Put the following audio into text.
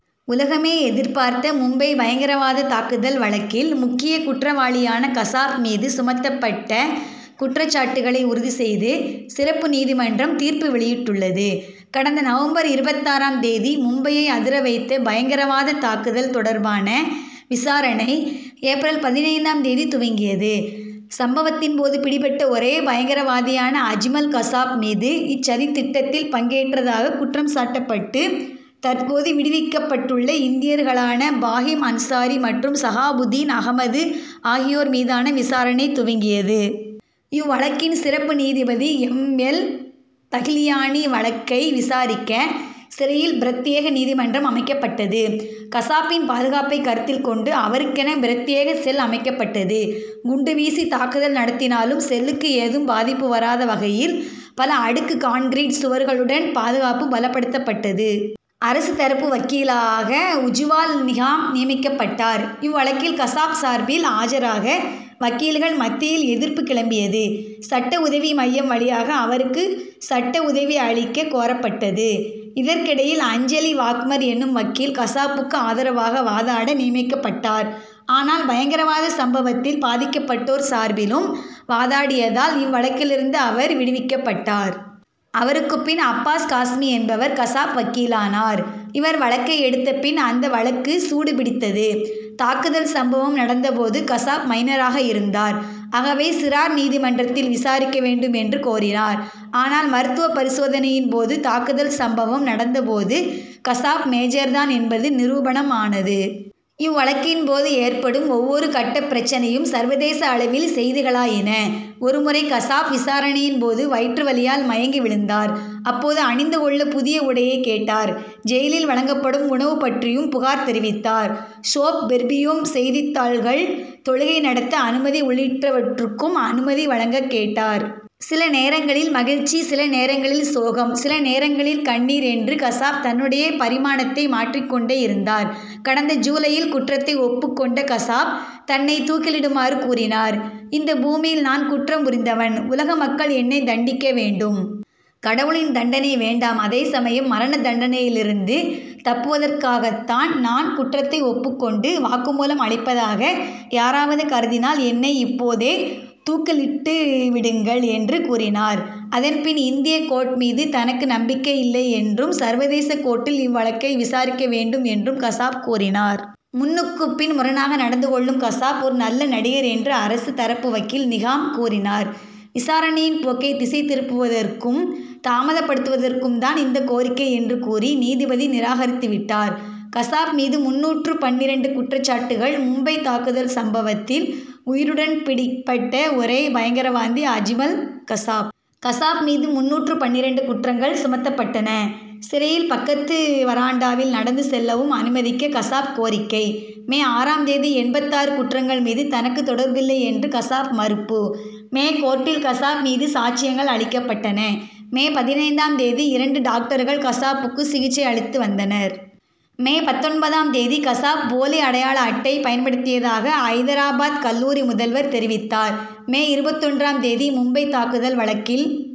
உலகமே எதிர்பார்த்த மும்பை பயங்கரவாத தாக்குதல் வழக்கில் முக்கிய குற்றவாளியான கசாப் மீது சுமத்தப்பட்ட குற்றச்சாட்டுகளை உறுதி செய்து சிறப்பு நீதிமன்றம் தீர்ப்பு வெளியிட்டுள்ளது. கடந்த நவம்பர் இருபத்தாறாம் தேதி மும்பையை அதிரவைத்த பயங்கரவாத தாக்குதல் தொடர்பான விசாரணை ஏப்ரல் பதினைந்தாம் தேதி துவங்கியது. சம்பவத்தின் போது பிடிபட்ட ஒரே பயங்கரவாதியான அஜ்மல் கசாப் மீதும் இச்சதி திட்டத்தில் பங்கேற்றதாக குற்றம்சாட்டப்பட்டு தற்போது விடுவிக்கப்பட்டுள்ள இந்தியர்களான பாகிம் அன்சாரி மற்றும் சகாபுதீன் அகமது ஆகியோர் மீதான விசாரணை துவங்கியது. இவ்வழக்கின் சிறப்பு நீதிபதி எம். எல். தகிலியானி வழக்கை விசாரிக்க சிறையில் பிரத்யேக நீதிமன்றம் அமைக்கப்பட்டது. கசாப்பின் பாதுகாப்பை கருத்தில் கொண்டு அவருக்கென பிரத்யேக செல் அமைக்கப்பட்டது. குண்டுவீசி தாக்குதல் நடத்தினாலும் செல்லுக்கு ஏதும் பாதிப்பு வராத வகையில் பல அடுக்கு கான்கிரீட் சுவர்களுடன் பாதுகாப்பு பலப்படுத்தப்பட்டது. அரசு தரப்பு வக்கீலாக உஜ்வால் நிகாம் நியமிக்கப்பட்டார். இவ்வழக்கில் கசாப் சார்பில் ஆஜராக வக்கீல்கள் மத்தியில் எதிர்ப்பு கிளம்பியது. சட்ட உதவி மையம் வழியாக அவருக்கு சட்ட உதவி அளிக்க கோரப்பட்டது. இதற்கிடையில் அஞ்சலி வாக்மர் எனும் வக்கீல் கசாப்புக்கு ஆதரவாக வாதாட நியமிக்கப்பட்டார். ஆனால் பயங்கரவாத சம்பவத்தில் பாதிக்கப்பட்டோர் சார்பிலும் வாதாடியதால் இவ்வழக்கிலிருந்து அவர் விடுவிக்கப்பட்டார். அவருக்கு பின் அப்பாஸ் காஸ்மி என்பவர் கசாப் வக்கீலானார். இவர் வழக்கை எடுத்த பின் அந்த வழக்கு சூடுபிடித்தது. தாக்குதல் சம்பவம் நடந்த போது கசாப் மைனராக இருந்தார். ஆகவே சிறார் நீதிமன்றத்தில் விசாரிக்க வேண்டும் என்று கோரினார். ஆனால் மருத்துவப் பரிசோதனையின் போது தாக்குதல் சம்பவம் நடந்த போது கசாப் மேஜர் தான் என்பது நிரூபணம் ஆனது. இவ்வழக்கின் போது ஏற்படும் ஒவ்வொரு கட்டப் பிரச்னையும் சர்வதேச அளவில் செய்திகளாயின. ஒரு முறை கசாப் விசாரணையின் போது வயிற்று வலியால் மயங்கி விழுந்தார். அப்போது அணிந்து கொள்ள புதிய உடையை கேட்டார். ஜெயிலில் வழங்கப்படும் உணவு பற்றியும் புகார் தெரிவித்தார். சோப் பெர்பியூம் செய்தித்தாள்கள் தொழுகை நடத்த அனுமதி உள்ளிட்டவற்றுக்கும் அனுமதி வழங்கக் கேட்டார். சில நேரங்களில் மகிழ்ச்சி சில நேரங்களில் சோகம் சில நேரங்களில் கண்ணீர் என்று கசாப் தன்னுடைய பரிமாணத்தை மாற்றிக் கொண்டே இருந்தார். கடந்த ஜூலையில் குற்றத்தை ஒப்புக் கொண்ட கசாப் தன்னை தூக்கிலிடுமாறு கூறினார். இந்த பூமியில் நான் குற்றம் புரிந்தவன். உலக மக்கள் என்னை தண்டிக்க வேண்டும். கடவுளின் தண்டனை வேண்டாம். அதே சமயம் மரண தண்டனையிலிருந்து தப்புவதற்காகத்தான் நான் குற்றத்தை ஒப்புக் கொண்டு வாக்குமூலம் அளிப்பதாக யாராவது கருதினால் என்னை இப்போதே தூக்கிலிட்டுவிடுங்கள் என்று கூறினார். அதன் பின் இந்திய கோர்ட் மீது தனக்கு நம்பிக்கை இல்லை என்றும் சர்வதேச கோர்ட்டில் இவ்வழக்கை விசாரிக்க வேண்டும் என்றும் கசாப் கூறினார். முன்னுக்குப்பின் முரணாக நடந்து கொள்ளும் கசாப் ஒரு நல்ல நடிகர் என்று அரசு தரப்பு வக்கீல் நிகாம் கூறினார். விசாரணையின் போக்கை திசை திருப்புவதற்கும் தாமதப்படுத்துவதற்கும்தான் இந்த கோரிக்கை என்று கூறி நீதிபதி நிராகரித்துவிட்டார். கசாப் மீது முந்நூற்று பன்னிரண்டு குற்றச்சாட்டுகள் மும்பைத் தாக்குதல் சம்பவத்தில் உயிருடன் பிடிபட்ட ஒரே பயங்கரவாதி அஜ்மல் கசாப். கசாப் மீது முந்நூற்று பன்னிரண்டு குற்றங்கள் சுமத்தப்பட்டன. சிறையில் பக்கத்து வராண்டாவில் நடந்து செல்லவும் அனுமதிக்க கசாப் கோரிக்கை. மே ஆறாம் தேதி எண்பத்தாறு குற்றங்கள் மீது தனக்கு தொடர்பில்லை என்று கசாப் மறுப்பு. மே கோர்ட்டில் கசாப் மீது சாட்சியங்கள் அளிக்கப்பட்டன. மே பதினைந்தாம் தேதி இரண்டு டாக்டர்கள் கசாப்புக்கு சிகிச்சை அளித்து வந்தனர். மே பத்தொன்பதாம் தேதி கசாப் போலி அடையாள அட்டை பயன்படுத்தியதாக ஐதராபாத் கல்லூரி முதல்வர் தெரிவித்தார். மே இருபத்தொன்றாம் தேதி மும்பைத் தாக்குதல் வழக்கில்.